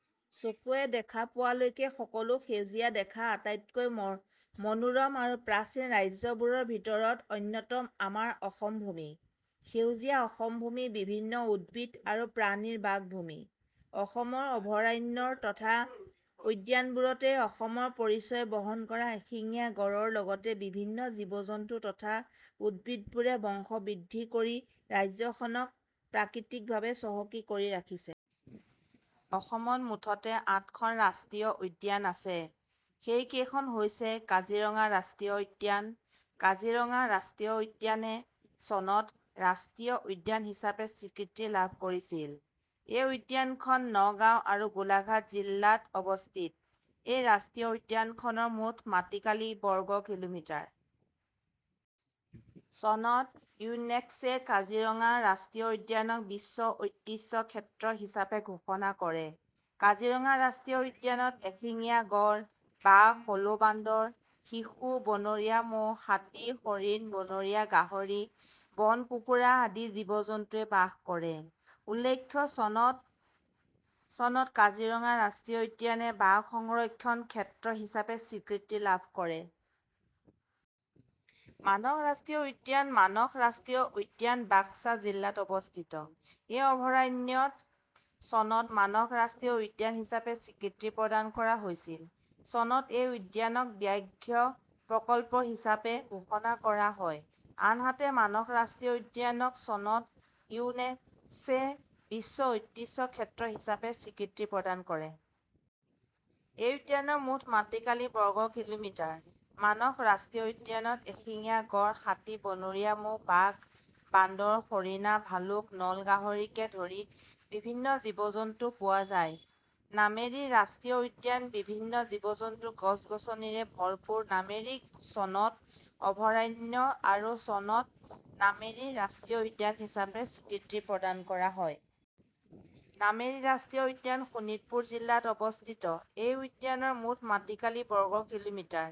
: চকুৱে দেখা পোৱালৈকে সকলো সেউজীয়া দেখা আটাইতকৈ মনোৰম আৰু প্ৰাচীন ৰাজ্যবোৰৰ ভিতৰত অন্যতম আমাৰ অসমভূমি। সেউজীয়া অসমভূমি বিভিন্ন উদ্ভিদ আৰু প্ৰাণীৰ বাসভূমি। অসমৰ অভয়াৰণ্য তথা উদ্যানবোৰতেই অসমৰ পৰিচয় বহন কৰা এশিঙীয়া গঁড়ৰ লগতে বিভিন্ন জীৱ-জন্তু তথা উদ্ভিদবোৰে বংশ বৃদ্ধি কৰি ৰাজ্যখনক প্ৰাকৃতিকভাৱে চহকী কৰি ৰাখিছে। অসমত মুঠতে আঠখন ৰাষ্ট্ৰীয় উদ্যান আছে। সেই কেইখন হৈছে- কাজিৰঙা ৰাষ্ট্ৰীয় উদ্যান কাজিৰঙা ৰাষ্ট্ৰীয় উদ্যানে চনত ৰাষ্ট্ৰীয় উদ্যান হিচাপে স্বীকৃতি লাভ কৰিছিল। এই উদ্যানখন নগাঁও আৰু গোলাঘাট জিলাত অৱস্থিত। এই ৰাষ্ট্ৰীয় উদ্যানখনৰ মুঠ মাটিকালি বৰ্গ কিলোমিটাৰ। চনত ইউনেস্ক'য়ে কাজিৰঙা ৰাষ্ট্ৰীয় উদ্যানক বিশ্ব ঐতিহ্য ক্ষেত্ৰ হিচাপে ঘোষণা কৰে। কাজিৰঙা ৰাষ্ট্ৰীয় উদ্যানত এশিঙীয়া গড়, বাঘ, হলৌ বান্দৰ, শিহু, বনৰীয়া মহ, হাতী, হৰিণ, বনৰীয়া গাহৰি, বন কুকুৰা আদি জীৱ-জন্তৱে বাস কৰে। উল্লেখ্য, চনত কাজিৰঙা ৰাষ্ট্ৰীয় উদ্যানে বাঘ সংৰক্ষণ ক্ষেত্ৰ হিচাপে স্বীকৃতি লাভ কৰে। মানস ৰাষ্ট্ৰীয় উদ্যান মানস ৰাষ্ট্ৰীয় উদ্যান বাক্সা জিলাত অৱস্থিত। এই অভয়াৰণ্যক চনত মানস ৰাষ্ট্ৰীয় উদ্যান হিচাপে স্বীকৃতি প্ৰদান কৰা হৈছিল। চনত এই উদ্যানক ব্যাঘ্ৰ প্ৰকল্প হিচাপে ঘোষণা কৰা কৰা হয়। আনহাতে, মানস ৰাষ্ট্ৰীয় উদ্যানক চনত ইউনেস্ক'য়ে বিশ্ব ঐতিহ্য ক্ষেত্ৰ হিচাপে স্বীকৃতি প্ৰদান কৰে। এই উদ্যানৰ মুঠ মাটিকালি বৰ্গ কিলোমিটাৰ। মানহ ৰাষ্ট্ৰীয় উদ্যানত এশিঙীয়া গড়, হাতী, বনৰীয়া মহ, বাঘ, বান্দৰ, হৰিণা, ভালুক, নল গাহৰিকে ধৰি বিভিন্ন জীৱ-জন্তু পোৱা যায়। নামেৰী ৰাষ্ট্ৰীয় উদ্যান বিভিন্ন জীৱ-জন্তু, গছ-গছনিৰে ভৰপুৰ নামেৰীক চনত অভয়াৰণ্য আৰু চনত নামেৰী ৰাষ্ট্ৰীয় উদ্যান হিচাপে স্বীকৃতি প্ৰদান কৰা হয়। নামেৰী ৰাষ্ট্ৰীয় উদ্যান শোণিতপুৰ জিলাত অৱস্থিত। এই উদ্যানৰ মুঠ মাটিকালি বৰ্গ কিলোমিটাৰ।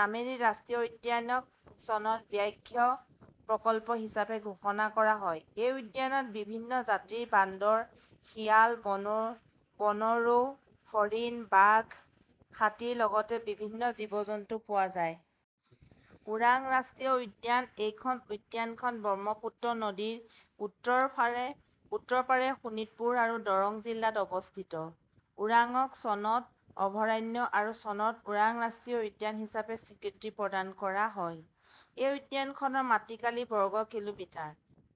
নামেৰী ৰাষ্ট্ৰীয় উদ্যানক চনত ব্যাঘ্ৰ প্ৰকল্প হিচাপে ঘোষণা কৰা হয়। এই উদ্যানত বিভিন্ন জাতিৰ বান্দৰ, শিয়াল, বনৰৌ, হৰিণ, বাঘ, হাতীৰ লগতে বিভিন্ন জীৱ-জন্তু পোৱা যায়। ওৰাং ৰাষ্ট্ৰীয় উদ্যান এইখন উদ্যানখন ব্ৰহ্মপুত্ৰ নদীৰ উত্তৰপাৰে শোণিতপুৰ আৰু দৰং জিলাত অৱস্থিত। ওৰাঙক চনত অভয়াৰণ্য আৰু চনত ওৰাং ৰাষ্ট্ৰীয় উদ্যান হিচাপে স্বীকৃতি প্ৰদান কৰা হয়। এই উদ্যানখনৰ মাটিকালি বৰ্গ কিলোমিটাৰ।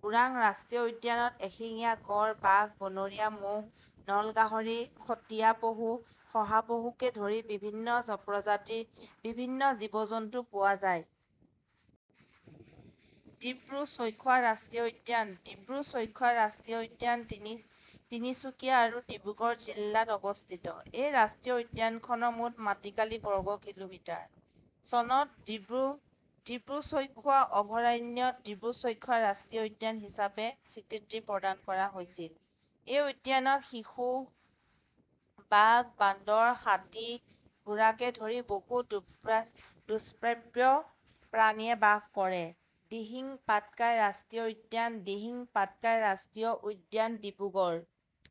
ওৰাং ৰাষ্ট্ৰীয় উদ্যানত এশিঙীয়া গড়, বাঘ, বনৰীয়া মহ, নল গাহৰি, খটিয়া পহু, শহা পহুকে ধৰি বিভিন্ন প্ৰজাতিৰ বিভিন্ন জীৱ-জন্তু পোৱা যায়। ডিব্ৰু-ছৈখোৱা ৰাষ্ট্ৰীয় উদ্যান ডিব্ৰু-ছৈখোৱা ৰাষ্ট্ৰীয় উদ্যান তিনিচুকীয়া আৰু ডিব্ৰুগড় জিলাত অৱস্থিত। এই ৰাষ্ট্ৰীয় উদ্যানখনৰ মুঠ মাটিকালি বৰ্গ কিলোমিটাৰ। চনত ডিব্ৰু-ছৈখোৱা অভয়াৰণ্যক ডিব্ৰু-ছৈখোৱা ৰাষ্ট্ৰীয় উদ্যান হিচাপে স্বীকৃতি প্ৰদান কৰা হৈছিল। এই উদ্যানত শিহু, বাঘ, বান্দৰ, হাতী, ঘোঁৰাকে ধৰি বহু দুস্প্ৰাপ্য প্ৰাণীয়ে বাস কৰে। দিহিং পাটকাই ৰাষ্ট্ৰীয় উদ্যান দিহিং পাটকাই ৰাষ্ট্ৰীয় উদ্যান ডিব্ৰুগড়